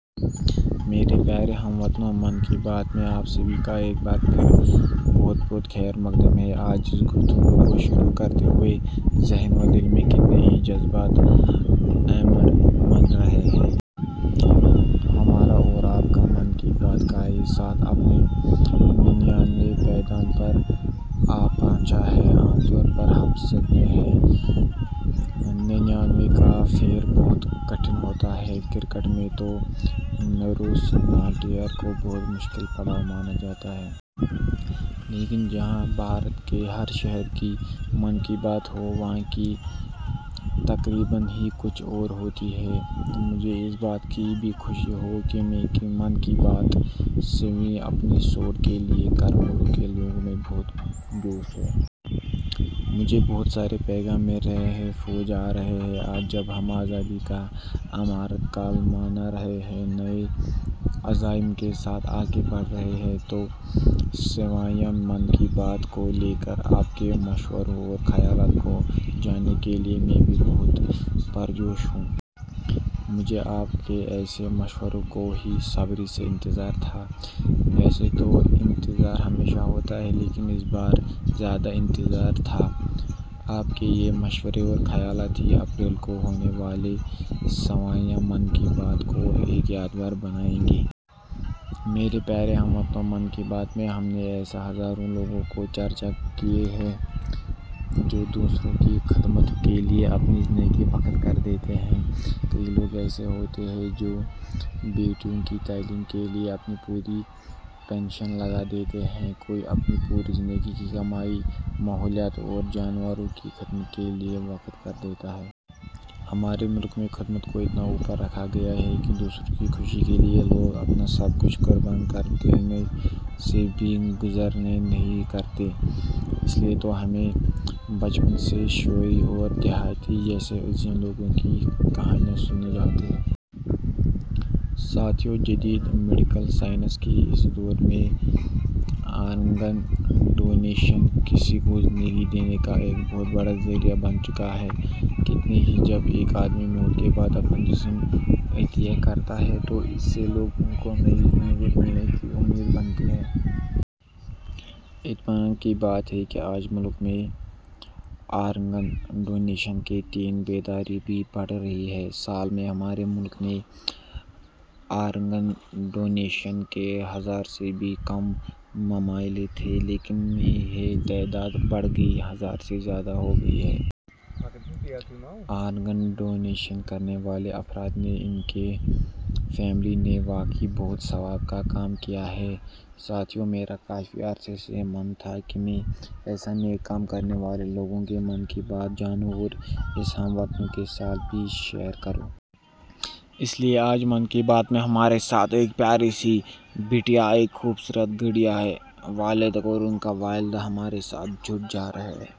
میرے پیارے ہم وطنو، 'من کی بات' میں آپ سبھی کا ایک بار پھر بہت بہت خیر مقدم ہے۔ آج اس گفتگو کو شروع کرتے ہوئے ذہن و دل میں کتنے ہی جذبات امنڈ رہے ہیں۔ ہمارا اور آپ کا 'من کی بات' کا یہ ساتھ، اپنے ننیانوے پائیدان پر آ پہنچا ہے۔ عام طور پر ہم سنتے ہیں کہ ننیانوے کا پھیر بہت کٹھن ہوتا ہے۔ کرکٹ میں تو 'نروَس نائنٹیز' کو بہت مشکل پڑاؤ مانا جاتا ہے۔ لیکن، جہاں بھارت کے ہر شہری کے 'من کی بات' ہو، وہاں کی ترغیب ہی کچھ اور ہوتی ہے۔ مجھے اس بات کی بھی خوشی ہے کہ 'من کی بات' کے سوویں ایپی سوڈ کو لے کر ملک کے لوگوں میں بہت جوش ہے۔ مجھے بہت سارے پیغام مل رہے ہیں، فون آ رہے ہیں۔ آج جب ہم آزادی کا امرت کال منا رہے ہیں، نئے عزائم کے ساتھ آگے بڑھ رہے ہیں، تو سوویں 'من کی بات' کو لے کر، آپ کے مشوروں، اور خیالات کو جاننے کے لیے میں بھی بہت پرجوش ہوں۔ مجھے، آپ کے ایسے مشوروں کا بے صبری سے انتظار ہے۔ ویسے تو انتظار ہمیشہ ہوتا ہے لیکن اس بار ذرا انتظار زیادہ ہے۔ آپ کے یہ مشورے اور خیالات ہی اپریل کو ہونے والے سوویں 'من کی بات' کو اور یادگار بنائیں گے۔ میرے پیارے ہم وطنو، 'من کی بات' میں ہم نے ایسے ہزاروں لوگوں کی چرچہ کی ہے، جو دوسروں کی خدمت کے لیے اپنی زندگی وقف کر دیتے ہیں۔ کئی لوگ ایسے ہوتے ہیں جو بیٹیوں کی تعلیم کے لیے اپنی پوری پنشن لگا دیتے ہیں، کوئی اپنی پوری زندگی کی کمائی ماحولیات اور جانداروں کی خدمت کے لیے وقف کر دیتا ہے۔ ہمارے ملک میں خدمت کو اتنا اوپر رکھا گیا ہے کہ دوسروں کی خوشی کے لیے، لوگ اپنا سب کچھ قربان کر دینے سے بھی گریز نہیں کرتے۔ اس لیے تو ہمیں بچپن سے شیوی اور ددھیچی جیسے عظیم لوگوں کی کہانیاں سنائی جاتی ہیں۔ ساتھیو، جدید میڈیکل سائنس کے اس دور میں آرگن ڈونیشن، کسی کو زندگی دینے کا ایک بہت بڑا ذریعہ بن چکا ہے۔ کہتے ہیں، جب ایک آدمی موت کے بعد اپنا جسم عطیہ کرتا ہے، تو اس سے سے لوگوں کو ایک نئی زندگی ملنے کی امید بنتی ہے۔ اطمینان کی بات ہے کہ آج ملک میں آرگن ڈونیشن کے تئیں بیداری بھی بڑھ رہی ہے۔ سال میں، ہمارے ملک میں، آرگن ڈونیشن کے ہزار سے بھی کم معاملے تھے، لیکن میں، یہ تعداد بڑھ کر، ہزار سے زیادہ ہو گئی ہے۔ آرگن ڈونیشن کرنے والے افراد نے، ان کی فیملی نے، واقعی بہت ثواب کا کام کیا ہے۔ ساتھیو، میرا کافی عرصے سے من تھا کہ میں ایسا نیک کام کرنے والے لوگوں کے 'من کی بات' جانوں اور اسےہم وطنوں کے ساتھ بھی شیئر کروں۔ اس لیے آج 'من کی بات' میں ہمارے ساتھ ایک پیاری سی بٹیا، ایک خوبصورت گڑیا کے والد اور ان کی والدہ ہمارے ساتھ جڑنے جا رہے ہیں۔